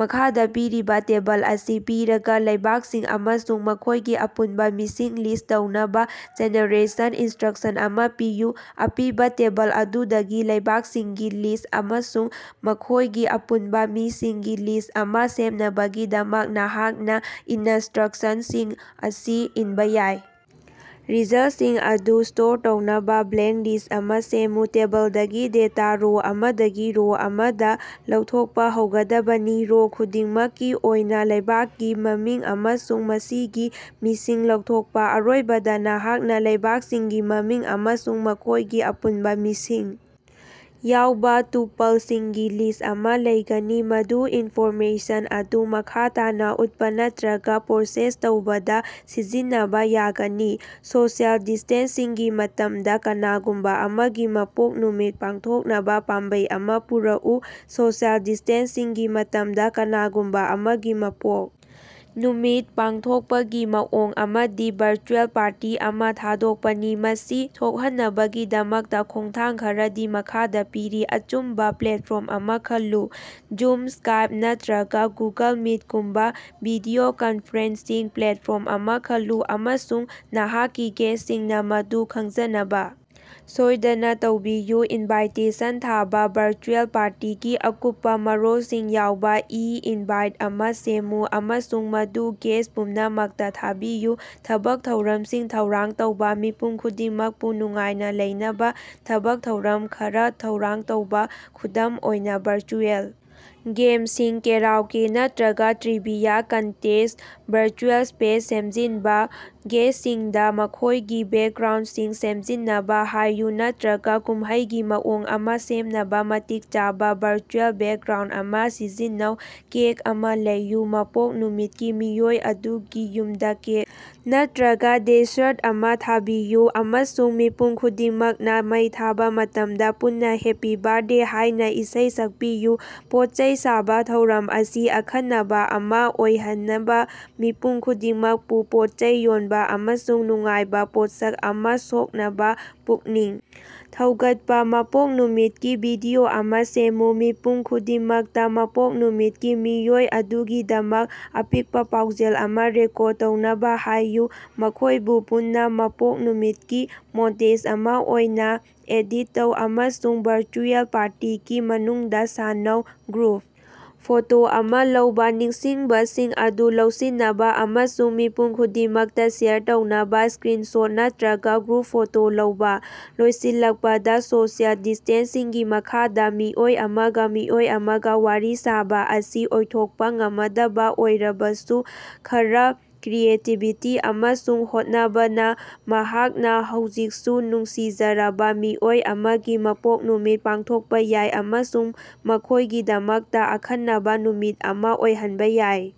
ꯃꯈꯥꯗ ꯄꯤꯔꯤꯕ ꯇꯦꯕꯜ ꯑꯁꯤ ꯄꯤꯔꯒ, ꯂꯩꯕꯥꯛꯁꯤꯡ ꯑꯃꯁꯨꯡ ꯃꯈꯣꯏꯒꯤ ꯑꯄꯨꯟꯕ ꯃꯤꯁꯤꯡ ꯂꯤꯁ ꯇꯧꯅꯕ ꯖꯦꯅꯦꯔꯦꯁꯟ ꯏꯟꯁꯇ꯭ꯔꯛꯁꯟ ꯑꯃ ꯄꯤꯌꯨ꯫ ꯑꯄꯤꯕ ꯇꯦꯕꯜ ꯑꯗꯨꯗꯒꯤ ꯂꯩꯕꯥꯛꯁꯤꯡꯒꯤ ꯂꯤꯁ ꯑꯃꯁꯨꯡ ꯃꯈꯣꯏꯒꯤ ꯑꯄꯨꯟꯕ ꯃꯤꯁꯤꯡꯒꯤ ꯂꯤꯁ ꯑꯃ ꯁꯦꯝꯅꯕꯒꯤꯗꯃꯛ, ꯅꯍꯥꯛꯅ ꯏꯅꯁꯇ꯭ꯔꯛꯁꯟꯁꯤꯡ ꯑꯁꯤ ꯏꯟꯕ ꯌꯥꯏ: ꯔꯤꯖꯜꯇꯁꯤꯡ ꯑꯗꯨ ꯁ꯭ꯇꯣꯔ ꯇꯧꯅꯕꯥ ꯕ꯭ꯂꯦꯡ ꯂꯤꯁ ꯑꯃꯥ ꯁꯦꯝꯃꯨ꯫ ꯇꯦꯕꯜꯗꯒꯤ ꯗꯦꯇꯥ ꯔꯣ ꯑꯃꯗꯒꯤ ꯔꯣ ꯑꯃꯗꯥ ꯂꯧꯊꯣꯛꯄ ꯍꯧꯒꯗꯕꯅꯤ꯫ ꯔꯣ ꯈꯨꯗꯤꯡꯃꯛꯀꯤ ꯑꯣꯏꯅꯥ ꯂꯩꯕꯥꯛꯀꯤ ꯃꯃꯤꯡ ꯑꯃꯁꯨꯡ ꯃꯁꯤꯒꯤ ꯃꯤꯁꯤꯡ ꯂꯧꯊꯣꯛꯄ꯫ ꯑꯔꯣꯏꯕꯗ, ꯅꯍꯥꯛꯅ ꯂꯩꯕꯥꯛꯁꯤꯡꯒꯤ ꯃꯃꯤꯡ ꯑꯃꯁꯨꯡ ꯃꯈꯣꯏꯒꯤ ꯑꯄꯨꯟꯕ ꯃꯤꯁꯤꯡ ꯌꯥꯎꯕ ꯇꯨꯄꯜꯁꯤꯡꯒꯤ ꯂꯤꯁ ꯑꯃꯥ ꯂꯩꯒꯅꯤ, ꯃꯗꯨ ꯏꯟꯐꯣꯔꯃꯦꯁꯟ ꯑꯗꯨ ꯃꯈꯥ ꯇꯥꯅ ꯎꯠꯄ ꯅꯠꯇ꯭ꯔꯒ ꯄ꯭ꯔꯣꯁꯦꯁ ꯇꯧꯕꯗ ꯁꯤꯖꯤꯟꯅꯕ ꯌꯥꯒꯅꯤ꯫ ꯁꯣꯁꯤꯑꯦꯜ ꯗꯤꯁ꯭ꯇꯦꯟꯁꯤꯡꯒꯤ ꯃꯇꯝꯗ ꯀꯅꯥꯒꯨꯝꯕ ꯑꯃꯒꯤ ꯃꯄꯣꯛ ꯅꯨꯃꯤꯠ ꯄꯥꯡꯊꯣꯛꯅꯕ ꯄꯥꯝꯕꯩ ꯑꯃꯥ ꯄꯨꯔꯛꯎ꯫ ꯁꯣꯁꯤꯑꯦꯜ ꯗꯤꯁ꯭ꯇꯦꯟꯁꯤꯡꯒꯤ ꯃꯇꯝꯗ ꯀꯅꯥꯒꯨꯝꯕ ꯑꯃꯒꯤ ꯃꯄꯣꯛ ꯅꯨꯃꯤꯠ ꯄꯥꯡꯊꯣꯛꯄꯒꯤ ꯃꯑꯣꯡ ꯑꯃꯗꯤ ꯚꯔꯆꯨꯑꯦꯜ ꯄꯥꯔꯇꯤ ꯑꯃ ꯊꯥꯗꯣꯛꯄꯅꯤ꯫ ꯃꯁꯤ ꯊꯣꯛꯍꯟꯅꯕꯒꯤꯗꯃꯛꯇ ꯈꯣꯡꯊꯥꯡ ꯈꯔꯗꯤ ꯃꯈꯥꯗꯥ ꯄꯤꯔꯤ: ꯑꯆꯨꯝꯕꯥ ꯄ꯭ꯂꯦꯇꯐꯣꯔꯝ ꯑꯃꯥ ꯈꯜꯂꯨ: ꯖꯨꯝ, ꯁ꯭ꯀꯥꯏꯞ, ꯅꯠꯇ꯭ꯔꯒ ꯒꯨꯒꯜ ꯃꯤꯇꯒꯨꯝꯕ ꯚꯤꯗꯤꯑꯣ ꯀꯟꯐꯔꯦꯟꯁꯤꯡ ꯄ꯭ꯂꯦꯇꯐꯣꯔꯝ ꯑꯃ ꯈꯜꯂꯨ, ꯑꯃꯁꯨꯡ ꯅꯍꯥꯛꯀꯤ ꯒꯦꯁ꯭ꯇꯁꯤꯡꯅꯥ ꯃꯗꯨ ꯈꯪꯖꯅꯕꯥ ꯁꯣꯏꯗꯅ ꯇꯧꯕꯤꯌꯨ꯫ ꯏꯟꯚꯥꯏꯇꯦꯁꯟ ꯊꯥꯕ: ꯚꯔꯆꯨꯑꯦꯜ ꯄꯥꯔꯇꯤꯒꯤ ꯑꯀꯨꯞꯄꯥ ꯃꯔꯣꯜꯁꯤꯡ ꯌꯥꯎꯕ ꯏ-ꯏꯟꯚꯥꯏꯠ ꯑꯃꯥ ꯁꯦꯝꯃꯨ ꯑꯃꯁꯨꯡ ꯃꯗꯨ ꯒꯦꯁ ꯄꯨꯝꯅꯃꯛꯇ ꯊꯥꯕꯤꯌꯨ꯫ ꯊꯕꯛ ꯊꯧꯔꯝꯁꯤꯡ ꯊꯧꯔꯥꯡ ꯇꯧꯕ: ꯃꯤꯄꯨꯝ ꯈꯨꯗꯤꯡꯃꯛꯄꯨ ꯅꯨꯡꯉꯥꯏꯅ ꯂꯩꯅꯕ ꯊꯕꯛ ꯊꯧꯔꯝ ꯈꯔꯥ ꯊꯧꯔꯥꯡ ꯇꯧꯕ, ꯈꯨꯗꯝ ꯑꯣꯏꯅ, ꯚꯔꯆꯨꯑꯦꯜ ꯒꯦꯝꯁꯤꯡ, ꯀꯦꯔꯥꯎꯀꯦ ꯅꯠꯇ꯭ꯔꯒ ꯇ꯭ꯔꯤꯕꯤꯌꯥ ꯀꯟꯇꯦꯁ꯫ ꯚꯔꯆꯨꯑꯦꯜ ꯁ꯭ꯄꯦꯁ ꯁꯦꯝꯖꯤꯟꯕ: ꯒꯦꯁ꯭ꯇꯁꯤꯡꯗ ꯃꯈꯣꯏꯒꯤ ꯕꯦꯛꯒ꯭ꯔꯥꯎꯟꯗꯁꯤꯡ ꯁꯦꯝꯖꯤꯟꯅꯕ ꯍꯥꯏꯌꯨ ꯅꯠꯇ꯭ꯔꯒꯥ ꯀꯨꯝꯃꯩꯒꯤ ꯃꯑꯣꯡ ꯑꯃꯥ ꯁꯦꯝꯅꯕꯥ ꯃꯇꯤꯛ ꯆꯥꯕ ꯚꯔꯆꯨꯑꯦꯜ ꯕꯦꯛꯒ꯭ꯔꯥꯎꯟꯗ ꯑꯃꯥ ꯁꯤꯖꯤꯟꯅꯧ꯫ ꯀꯦꯛ ꯑꯃꯥ ꯂꯩꯌꯨ: ꯃꯄꯣꯛ ꯅꯨꯃꯤꯠꯀꯤ ꯃꯤꯑꯣꯏ ꯑꯗꯨꯒꯤ ꯌꯨꯝꯗꯥ ꯀꯦꯛ ꯅꯠꯇ꯭ꯔꯒꯥ ꯗꯦꯁꯔꯠ ꯑꯃꯥ ꯊꯥꯕꯤꯌꯨ, ꯑꯃꯁꯨꯡ ꯃꯤꯄꯨꯝ ꯈꯨꯗꯤꯡꯃꯛꯅ ꯃꯩ ꯊꯥꯕ ꯃꯇꯝꯗ ꯄꯨꯟꯅ "ꯍꯦꯞꯄꯤ ꯕꯔꯊꯗꯦ" ꯍꯥꯏꯅꯥ ꯏꯁꯩ ꯁꯛꯄꯤꯌꯨ꯫ ꯄꯣꯠꯆꯩ ꯁꯥꯕ: ꯊꯧꯔꯝ ꯑꯁꯤ ꯑꯈꯟꯅꯕ ꯑꯃ ꯑꯣꯏꯍꯟꯅꯕ ꯃꯤꯄꯨꯝ ꯈꯨꯗꯤꯡꯃꯛꯄꯨ ꯄꯣꯠꯆꯩ ꯌꯣꯟꯕ ꯑꯃꯁꯨꯡ ꯅꯨꯡꯉꯥꯏꯕ ꯄꯣꯠꯁꯛ ꯑꯃ ꯁꯣꯛꯅꯕ ꯄꯨꯛꯅꯤꯡ ꯊꯧꯒꯠꯄ꯫ ꯃꯄꯣꯛ ꯅꯨꯃꯤꯠꯀꯤ ꯚꯤꯗꯤꯑꯣ ꯑꯃ ꯁꯦꯝꯃꯨ: ꯃꯤꯄꯨꯝ ꯈꯨꯗꯤꯡꯃꯛꯇ ꯃꯄꯣꯛ ꯅꯨꯃꯤꯠꯀꯤ ꯃꯤꯑꯣꯏ ꯑꯗꯨꯒꯤꯗꯃꯛ ꯑꯄꯤꯛꯄꯥ ꯄꯥꯎꯖꯦꯜ ꯑꯃꯥ ꯔꯦꯀꯣꯔꯗ ꯇꯧꯅꯕꯥ ꯍꯥꯏꯌꯨ, ꯃꯈꯣꯏꯕꯨ ꯄꯨꯟꯅ ꯃꯄꯣꯛ ꯅꯨꯃꯤꯠꯀꯤ ꯃꯣꯟꯇꯦꯖ ꯑꯃꯥ ꯑꯣꯏꯅꯥ ꯑꯦꯗꯤꯠ ꯇꯧ, ꯑꯃꯁꯨꯡ ꯚꯔꯆꯨꯑꯦꯜ ꯄꯥꯔꯇꯤꯒꯤ ꯃꯅꯨꯡꯗ ꯁꯥꯟꯅꯧ꯫ ꯒ꯭ꯔꯨꯞ ꯐꯣꯇꯣ ꯑꯃ ꯂꯧꯕ: ꯅꯤꯡꯁꯤꯡꯕꯁꯤꯡ ꯑꯗꯨ ꯂꯧꯁꯤꯟꯅꯕ ꯑꯃꯁꯨꯡ ꯃꯤꯄꯨꯝ ꯈꯨꯗꯤꯡꯃꯛꯇ ꯁꯦꯌꯔ ꯇꯧꯅꯕ ꯏꯁ꯭ꯀꯔꯤꯟꯁꯣꯠ ꯅꯠꯇ꯭ꯔꯒ ꯒ꯭ꯔꯨꯞ ꯐꯣꯇꯣ ꯂꯧꯕ꯫ ꯂꯣꯏꯁꯤꯜꯂꯛꯄꯗ, ꯁꯣꯁꯤꯑꯦꯜ ꯗꯤꯁ꯭ꯇꯦꯟꯁꯤꯡꯒꯤ ꯃꯈꯥꯗ ꯃꯤꯑꯣꯏ ꯑꯃꯒ ꯃꯤꯑꯣꯏ ꯑꯃꯒ ꯋꯥꯔꯤ ꯁꯥꯕ ꯑꯁꯤ ꯑꯣꯏꯊꯣꯛꯄ ꯉꯃꯗꯕ ꯑꯣꯏꯔꯕꯁꯨ, ꯈꯔꯥ ꯀ꯭ꯔꯤꯌꯦꯇꯤꯕꯤꯇꯤ ꯑꯃꯁꯨꯡ ꯍꯣꯠꯅꯕꯅ, ꯃꯍꯥꯛꯅ ꯍꯧꯖꯤꯛꯁꯨ ꯅꯨꯡꯁꯤꯖꯔꯕ ꯃꯤꯑꯣꯏ ꯑꯃꯒꯤ ꯃꯄꯣꯛ ꯅꯨꯃꯤꯠ ꯄꯥꯡꯊꯣꯛꯄꯥ ꯌꯥꯏ ꯑꯃꯁꯨꯡ ꯃꯈꯣꯏꯒꯤꯗꯃꯛꯇ ꯑꯈꯟꯅꯕ ꯅꯨꯃꯤꯠ ꯑꯃ ꯑꯣꯏꯍꯟꯕ ꯌꯥꯏ꯫